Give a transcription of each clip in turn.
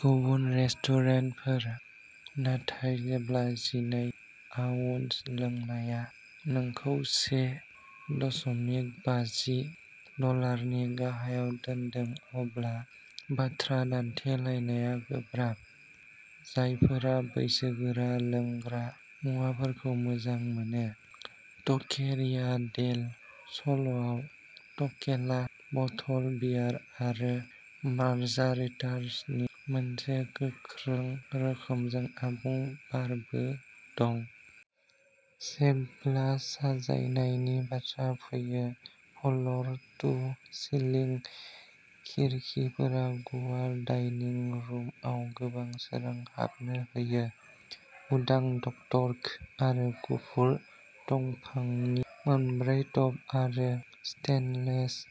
गुबुन रेस्टुरेन्टफोर। नाथाय जेब्ला जिनै आउन्स लोंनाया नोंखौ से दशमिक बाजि डलारनि गाहायाव दोन्दों अब्ला बाथ्रा दान्थेलायनाया गोब्राब। जायफोरा बैसोगोरा लोंग्रा मुवाफोरखौ मोजां मोनो, टकेरिया डेल स'लआव टकीला, बथल बियार आरो मार्जारितासनि मोनसे गोख्रों रोखोमजों आबुं बारबो दं। जेब्ला साजायनायनि बाथ्रा फैयो, फ्ल'र टु सिलिं खिरखिफोरा गुवार डाइनिं रुमआव गोबां सोरां हाबनो होयो। उदां डक्टवर्क आरो गुफुर दंफांनि मोनब्रै टप आरो स्टेइनलेस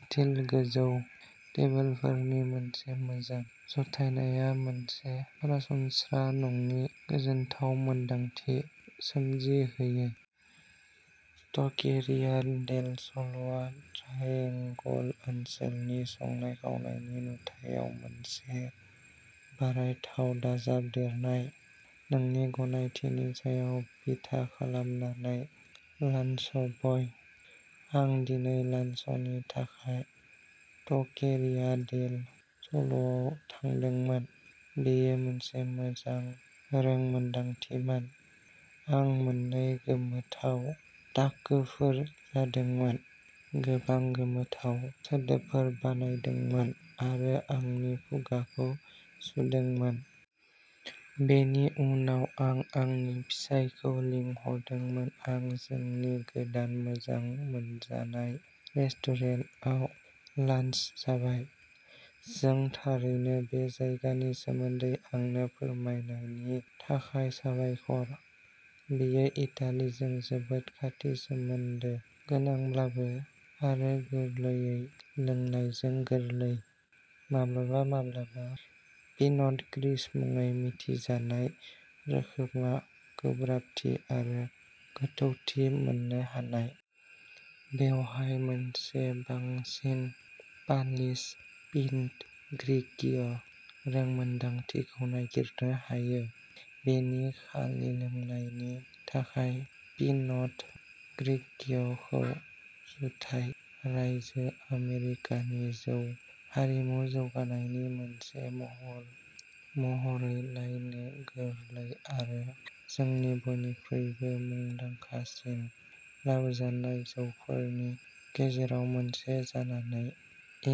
स्टील गोजौ टेबोलफोरनि मोनसे मोजां जथायनाया मोनसे सरासनस्रा नङि गोजोनथाव मोनदांथि सोमजिहोयो। टकेरिया डेल स'लआ ट्राइएंगल ओनसोलनि संनाय-खावनायनि नुथायाव मोनसे बरायथाव दाजाबदेरनाय। नोंनि गनायथिनि सायाव बिथा खालामनानै लान्चब'य, आं दिनै लान्चनि थाखाय टकेरिया डेल स'लआव थांदोंमोन। बेयो मोनसे मोजां रोंमोनदांथिमोन। आं मोननै गोथाव टाकोफोर जादोंमोन, गोबां गोथाव सोदोबफोर बानायदोंमोन आरो आंनि खुगाखौ सुदोंमोन। बेनि उनाव आं आंनि फिसायखौ लिंहरदोंमोन आं जोंनि गोदान मोजां मोनजानाय रेस्टुरेन्टाव लान्च जाबाय। जों थारैनो बे जायगानि सोमोन्दै आंनो फोरमायनायनि थाखाय साबायखर। बेयो इटालिजों जोबोद खाथि सोमोन्दो गोनांब्लाबो, आरो गोरलैयै लोंनायजों गोरलै, माब्लाबा-माब्लाबा पिनट ग्रिस मुङै मिथिजानाय रोखोमआ गोब्राबथि आरो गोथौथि मोननो हानाय। बेवहाय मोनसे बांसिन पालिश पिनट ग्रिगिय' रोंमोन्दांथिखौ नागिरनो हायो। बेनि खालि लोंनायनि थाखाय, पिनट ग्रिगिय'खौ जुथाइ रायजो आमेरिकानि जौ हारिमु जौगानायनि मोनसे महर महरै नायनो गोरलै आरो जोंनि बयनिख्रुइबो मुंदांखासिन लाबोजानाय जौफोरनि गेजेराव मोनसे जानानै,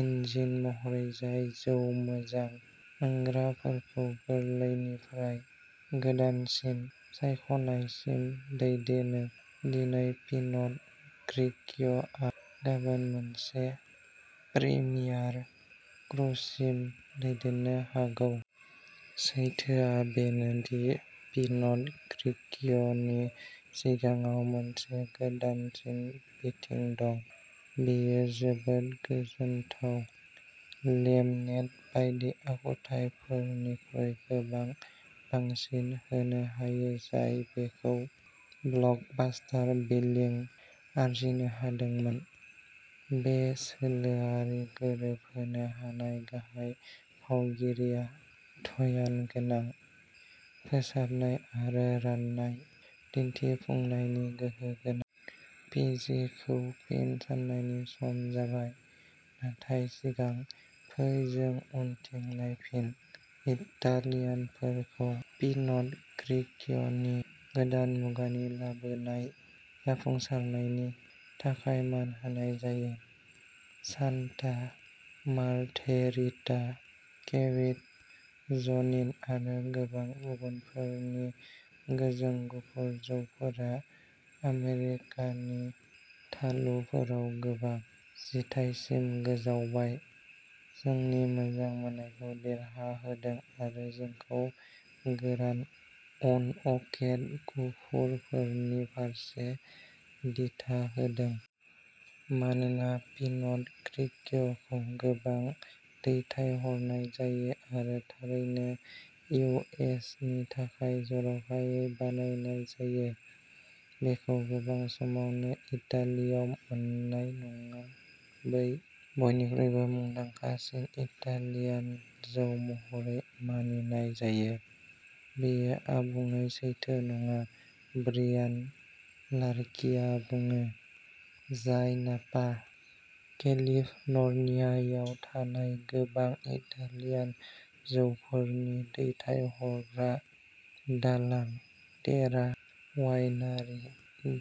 इन्जिन महरै जाय जौ मोजां मोनग्राफोरखौ गोरलैनिफ्राय गोदानसिन सायख'नायसिम दैदेनो दिनै पिनट ग्रिगिय'आ गाबोन मोनसे प्रिमियार क्रुसिम दैदेननो हागौ। सैथोआ बेनो दि पिनट ग्रिगिय' नि सिगाङाव मोनसे गोदानसिन बिथिं दं। बेयो जोबोद गोजोनथाव, लेमनेड बायदि आखुथायफोरनिख्रुइ गोबां बांसिन होनो हायो जाय बेखौ ब्लकबास्टार बिलिं आर्जिनो हादोंमोन। बे सोलोआरि गोरोबहोनो हानाय गाहाय फावगिरिया ध्यानगोनां, फोसाबनाय आरो रानाय दिन्थिफुंनायनि गोहो गोनां। पि जि खौ फिन साननायनि सम जाबाय। नाथाय सिगां, फै जों उनथिं नायफिन। इटालियानफोरखौ पिनट ग्रिगिय'नि गोदान मुगानि लाबोनाय जाफुंसारनायनि थाखाय मान होनाय जायो। सान्ता मार्घेरिटा, केविट ज'निन आरो गोबां गुबुनफोरनि गोजों गुफुर जौफोरा आमेरिकानि थालुफोराव गोबां जिथाइसिम गोजावबाय, जोंनि मोजां मोननायखौ देरहाहोदों आरो जोंखौ गोरान, अनअकेड गुफुरफोरनि फारसे दिथा होदों। मानोना पिनट ग्रिगिय'खौ गोबां दैथायहरनाय जायो आरो थारैनो इउ एस नि थाखाय जर'खायै बानायनाय जायो, बेखौ गोबां समावनो इटालियाव मोन्नाय नङा बै बयनिख्रुइबो मुंदांखासिन इटालियान जौ महरै मानिनाय जायो। बेयो आबुङै सैथो नङा ब्रियान लार्कीआ बुङो, जाय नापा, केलिफ'र्नियायाव थानाय गोबां इटालियान जौफोरनि दैथायहरग्रा, डल्ला टेरा वाइनरी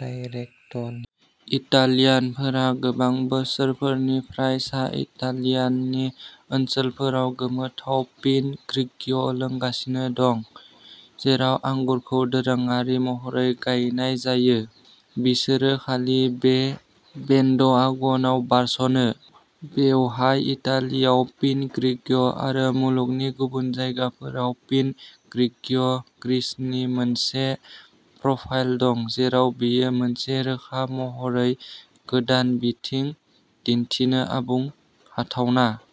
डाइरेक्टनि। इटालियानफोरा गोबां बोसोरफोरनिफ्राय सा इटालियानि ओनसोलफोराव गोमोथाव पिनट ग्रिगिय' लोंगासिनो दं, जेराव आंगुरखौ दोरोङारि महरै गायनाय जायो। बिसोरो खालि बे बेन्डवागनआव बारस'नो। बेवहाय इटालियाव पिनट ग्रिगिय' आरो मुलुगनि गुबुन जायगाफोराव पिनट ग्रिगिय' ग्रिसनि मोनसे प्रफाइल दं, जेराव बेयो मोनसे रोखा महरै गोदान बिथिं दिन्थिनो आबुङै हाथावना।